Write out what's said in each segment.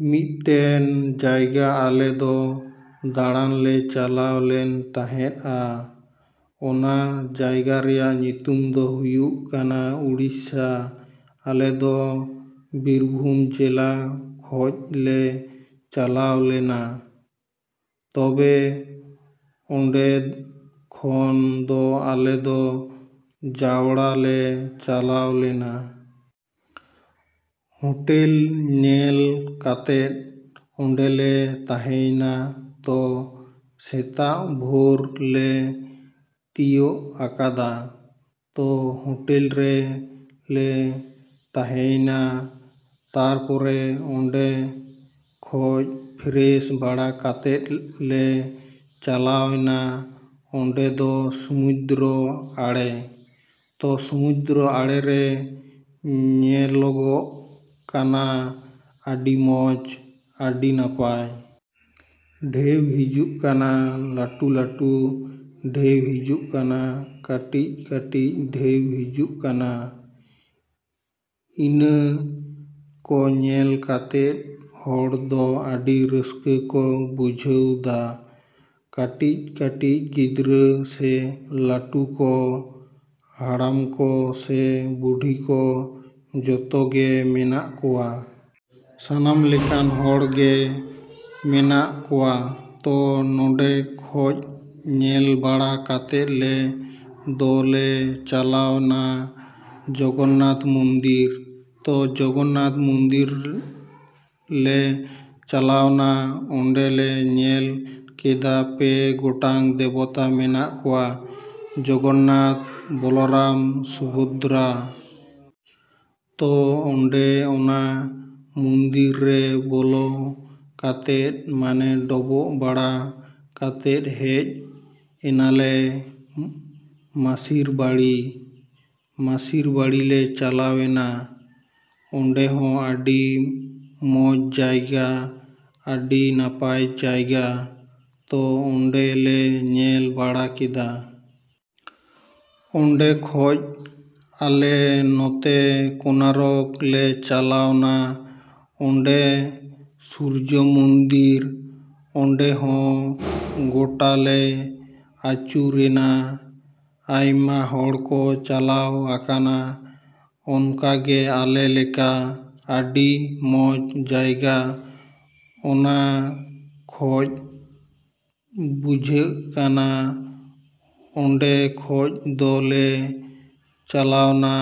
‎ᱢᱤᱫᱴᱮᱱ ᱡᱟᱭᱜᱟ ᱟᱞᱮ ᱫᱚ ᱫᱟᱬᱟᱱ ᱞᱮ ᱪᱟᱞᱟᱣ ᱞᱮᱱ ᱛᱟᱸᱦᱮᱜᱼᱟ᱾ ᱚᱱᱟ ᱡᱟᱭᱜᱟ ᱨᱮᱭᱟᱜ ᱧᱩᱛᱩᱢ ᱫᱚ ᱦᱩᱭᱩᱜ ᱠᱟᱱᱟ ᱩᱲᱤᱥᱥᱟ᱾ ᱟᱞᱮ ᱫᱚ ᱵᱤᱨᱵᱷᱩᱢ ᱡᱮᱞᱟ ᱠᱷᱚᱡ ᱞᱮ ᱪᱟᱞᱟᱣ ᱞᱮᱱᱟ᱾ ᱛᱚᱵᱮ ᱚᱱᱰᱮ ᱠᱷᱚᱱ ᱫᱚ ᱟᱞᱮ ᱫᱚ ᱦᱟᱣᱲᱟ ᱞᱮ ᱪᱟᱞᱟᱣ ᱞᱮᱱᱟ᱾ ᱦᱳᱴᱮᱞ ᱧᱮᱞ ᱠᱟᱛᱮᱜ ᱚᱱᱰᱮ ᱞᱮ ᱛᱟᱸᱦᱮᱭᱮᱱᱟ᱾ ᱛᱚ ᱥᱮᱛᱟᱜ ᱵᱷᱳᱨ ᱞᱮ ᱛᱤᱭᱳᱜ ᱟᱠᱟᱫᱟ᱾ ᱛᱚ ᱦᱳᱴᱮᱞ ᱨᱮ ᱞᱮ ᱛᱟᱸᱦᱮᱭᱮᱱᱟ᱾ ᱛᱟᱨᱯᱚᱨᱮ ᱚᱱᱰᱮ ᱠᱷᱚᱡ ᱯᱷᱮᱨᱮᱥ ᱵᱟᱲᱟ ᱠᱟᱛᱮᱜ ᱞᱮ ᱪᱟᱞᱟᱣ ᱮᱱᱟ ᱚᱱᱰᱮ ᱫᱚ ᱥᱚᱢᱩᱫᱽᱨᱚ ᱟᱲᱮ᱾ ᱛᱚ ᱥᱚᱢᱩᱫᱽᱨᱚ ᱟᱲᱮ ᱨᱮ ᱧᱮᱞᱚᱜᱚᱜ ᱠᱟᱱᱟ ᱟᱹᱰᱤ ᱢᱚᱸᱡ, ᱟᱹᱰᱤ ᱱᱟᱯᱟᱭ᱾ ᱰᱷᱮᱣ ᱦᱤᱡᱩᱜ ᱠᱟᱱᱟ, ᱞᱟᱹᱴᱩ ᱞᱟᱹᱴᱩ ᱰᱷᱮᱣ ᱦᱤᱡᱩᱜ ᱠᱟᱱᱟ, ᱠᱟᱹᱴᱤᱡ ᱠᱟᱹᱴᱤᱡ ᱰᱷᱮᱣ ᱦᱤᱡᱩᱜ ᱠᱟᱱᱟ᱾ ᱤᱱᱟᱹ ᱠᱚ ᱧᱮᱞ ᱛᱮᱜᱮ ᱦᱚᱲ ᱫᱚ ᱟᱹᱰᱤ ᱨᱟᱹᱥᱠᱟᱹ ᱠᱚ ᱵᱩᱡᱷᱟᱹᱣ ᱫᱟ᱾ ᱠᱟᱹᱴᱤᱡ ᱠᱟᱹᱴᱤᱡ ᱜᱤᱫᱽᱨᱟᱹ ᱥᱮ ᱞᱟᱹᱴᱩ ᱠᱚ, ᱦᱟᱲᱟᱢ ᱠᱚ ᱥᱮ ᱵᱩᱰᱷᱤ ᱠᱚ, ᱡᱚᱛᱚ ᱜᱮ ᱢᱮᱱᱟᱜ ᱠᱚᱣᱟ᱾ ᱥᱟᱱᱟᱢ ᱞᱮᱠᱟᱱ ᱦᱚᱲ ᱜᱮ ᱢᱮᱱᱟᱜ ᱠᱚᱣᱟ᱾ ᱛᱚ ᱚᱱᱰᱮ ᱠᱷᱚᱡ ᱧᱮᱞ ᱵᱟᱲᱟ ᱠᱟᱛᱮᱜ ᱟᱞᱮ ᱫᱚ ᱞᱮ ᱪᱟᱞᱟᱣᱱᱟ ᱡᱚᱜᱚᱱᱱᱟᱛᱷ ᱢᱚᱱᱫᱤᱨ᱾ ᱛᱚ ᱡᱚᱜᱚᱱᱱᱟᱛᱷ ᱢᱚᱱᱫᱤᱨ ᱞᱮ ᱪᱟᱞᱟᱣᱱᱟ᱾ ᱚᱱᱰᱮ ᱞᱮ ᱧᱮᱞ ᱠᱮᱫᱟ ᱯᱮ ᱜᱚᱴᱟᱝ ᱫᱮᱵᱚᱛᱟ ᱢᱮᱱᱟᱜ ᱠᱚᱣᱟ ᱡᱚᱜᱚᱱᱱᱟᱛᱷ, ᱵᱚᱞᱨᱟᱢ, ᱥᱩᱵᱷᱚᱫᱽᱨᱟ᱾ ᱛᱚ ᱚᱱᱰᱮ ᱚᱱᱟ ᱢᱚᱱᱫᱤᱨ ᱨᱮ ᱵᱚᱞᱚ ᱠᱟᱛᱮᱜ ᱢᱟᱱᱮ ᱰᱚᱵᱚᱜ ᱵᱟᱲᱟ ᱠᱟᱛᱮᱜ ᱦᱮᱡ ᱮᱱᱟᱞᱮ ᱢᱟᱥᱤᱨ ᱵᱟᱲᱤ᱾ ᱢᱟᱥᱤᱨ ᱵᱟᱲᱤ ᱞᱮ ᱪᱟᱞᱟᱣ ᱮᱱᱟ᱾ ᱚᱱᱰᱮ ᱦᱚᱸ ᱟᱹᱰᱤ ᱢᱚᱸᱡ ᱡᱟᱭᱜᱟ, ᱟᱹᱰᱤ ᱱᱟᱯᱟᱭ ᱡᱟᱭᱜᱟ᱾ ᱛᱚ ᱚᱱᱰᱮ ᱞᱮ ᱧᱮᱞ ᱵᱟᱲᱟ ᱠᱮᱫᱟ᱾ ᱚᱱᱰᱮ ᱠᱷᱚᱡ ᱟᱞᱮ ᱱᱚᱛᱮ ᱠᱳᱱᱟᱨᱚᱠ ᱞᱮ ᱪᱟᱞᱟᱣᱱᱟ ᱚᱱᱰᱮ ᱥᱩᱨᱡᱚ ᱢᱚᱱᱫᱤᱨ᱾ ᱚᱱᱰᱮ ᱦᱚᱸ ᱜᱚᱴᱟ ᱞᱮ ᱟᱹᱪᱩᱨ ᱮᱱᱟ᱾ ᱟᱭᱢᱟ ᱦᱚᱲ ᱠᱚ ᱪᱟᱞᱟᱣ ᱟᱠᱟᱱᱟ ᱚᱱᱠᱟ ᱜᱮ ᱟᱞᱮ ᱞᱮᱠᱟ᱾ ᱟᱹᱰᱤ ᱢᱚᱸᱡ ᱡᱟᱭᱜᱟ ᱚᱱᱟ ᱠᱷᱚᱡ ᱵᱩᱡᱷᱟᱹᱜ ᱠᱟᱱᱟ᱾ ᱚᱱᱰᱮ ᱠᱷᱚᱡ ᱫᱚ ᱞᱮ ᱪᱟᱞᱟᱣᱱᱟ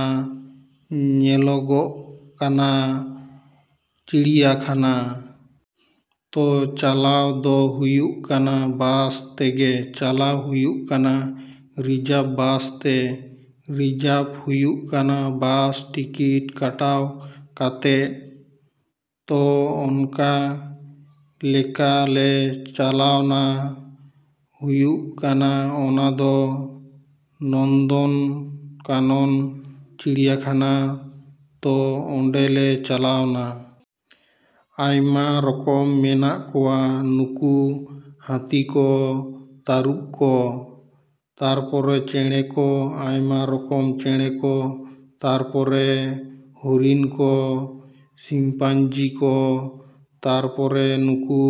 ᱧᱮᱞᱚᱜᱚᱜ ᱠᱟᱱᱟ ᱪᱤᱲᱭᱟᱠᱷᱟᱱᱟ᱾ ᱛᱚ ᱪᱟᱞᱟᱣ ᱫᱚ ᱦᱩᱭᱩᱜ ᱠᱟᱱᱟ ᱵᱟᱥ ᱛᱮᱜᱮ ᱪᱟᱞᱟᱣ ᱦᱩᱭᱩᱜ ᱠᱟᱱᱟ ᱨᱤᱡᱟᱨᱵᱷ ᱵᱟᱥ ᱛᱮ᱾ ᱨᱤᱡᱟᱨᱵᱷ ᱦᱩᱭᱩᱜ ᱠᱟᱱᱟ ᱵᱟᱥ ᱴᱤᱠᱤᱴ ᱠᱟᱴᱟᱣ ᱠᱟᱛᱮᱜ᱾ ᱛᱚ ᱚᱱᱠᱟ ᱞᱮᱠᱟ ᱞᱮ ᱪᱟᱞᱟᱣᱱᱟ᱾ ᱦᱩᱭᱩᱜ ᱠᱟᱱᱟ ᱚᱱᱟ ᱫᱚ ᱱᱚᱱᱫᱚᱱᱠᱟᱱᱚᱱ ᱪᱤᱲᱭᱟᱠᱷᱟᱱᱟ᱾ ᱛᱚ ᱚᱱᱰᱮ ᱞᱮ ᱪᱟᱞᱟᱣᱱᱟ᱾ ᱟᱭᱢᱟ ᱨᱚᱠᱚᱢ ᱢᱮᱱᱟᱜ ᱠᱚᱣᱟ ᱱᱩᱠᱩ ᱦᱟᱹᱛᱤ ᱠᱚ, ᱛᱟᱹᱨᱩᱵᱽ ᱠᱚ᱾ ᱛᱟᱨᱯᱚᱨᱮ ᱪᱮᱬᱮ ᱠᱚ, ᱟᱭᱢᱟ ᱨᱚᱠᱚᱢ ᱪᱮᱬᱮ ᱠᱚ᱾ ᱛᱟᱨᱯᱚᱨᱮ ᱦᱚᱨᱤᱱ ᱠᱚ, ᱥᱤᱞᱯᱟᱧᱡᱤ ᱠᱚ᱾ ᱛᱟᱨᱯᱚᱨᱮ ᱱᱩᱠᱩ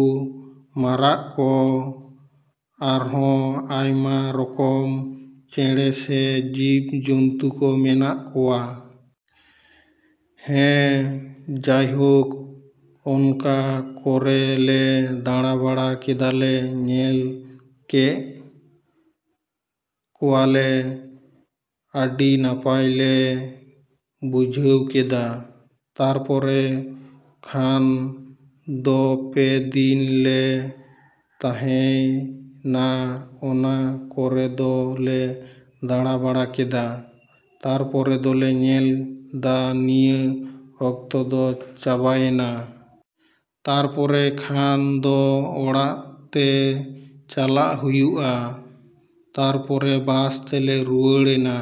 ᱢᱟᱨᱟᱜ ᱠᱚ, ᱟᱨᱦᱚᱸ ᱟᱭᱢᱟ ᱨᱚᱠᱚᱢ ᱪᱮᱬᱮ ᱥᱮ ᱡᱤᱵᱽ ᱡᱚᱱᱛᱩ ᱠᱚ ᱢᱮᱱᱟᱜ ᱠᱚᱣᱟ᱾ ᱦᱮᱸ, ᱡᱟᱭᱦᱳᱠ ᱚᱱᱠᱟ ᱠᱚᱨᱮ ᱞᱮ ᱫᱟᱬᱟᱵᱟᱲᱟ ᱠᱮᱫᱟᱞᱮ, ᱧᱮᱞ ᱠᱮᱜ ᱠᱚᱣᱟᱞᱮ, ᱟᱹᱰᱤ ᱱᱟᱯᱟᱭ ᱞᱮ ᱵᱩᱡᱷᱟᱹᱣ ᱠᱮᱫᱟ᱾ ᱛᱟᱨᱯᱚᱨᱮ ᱠᱷᱟᱱ ᱫᱚ ᱯᱮ ᱫᱤᱱ ᱞᱮ ᱛᱟᱸᱦᱮᱭ ᱱᱟ ᱚᱱᱟ ᱠᱚᱨᱮ ᱫᱚ ᱞᱮ ᱫᱟᱬᱟᱵᱟᱬᱟ ᱠᱮᱫᱟ᱾ ᱛᱟᱨᱯᱚᱨᱮ ᱫᱚᱞᱮ ᱧᱮᱞ ᱫᱟ ᱱᱤᱭᱟᱹ ᱚᱠᱛᱚ ᱫᱚ ᱪᱟᱵᱟᱭᱮᱱᱟ᱾ ᱛᱟᱨᱯᱚᱨᱮ ᱠᱷᱟᱱ ᱫᱚ ᱚᱲᱟᱜ ᱛᱮ ᱪᱟᱞᱟᱜ ᱦᱩᱭᱩᱜᱼᱟ᱾ ᱛᱟᱨᱯᱚᱨᱮ ᱵᱟᱥ ᱛᱮᱞᱮ ᱨᱩᱣᱟ‌.ᱲ ᱮᱱᱟ᱾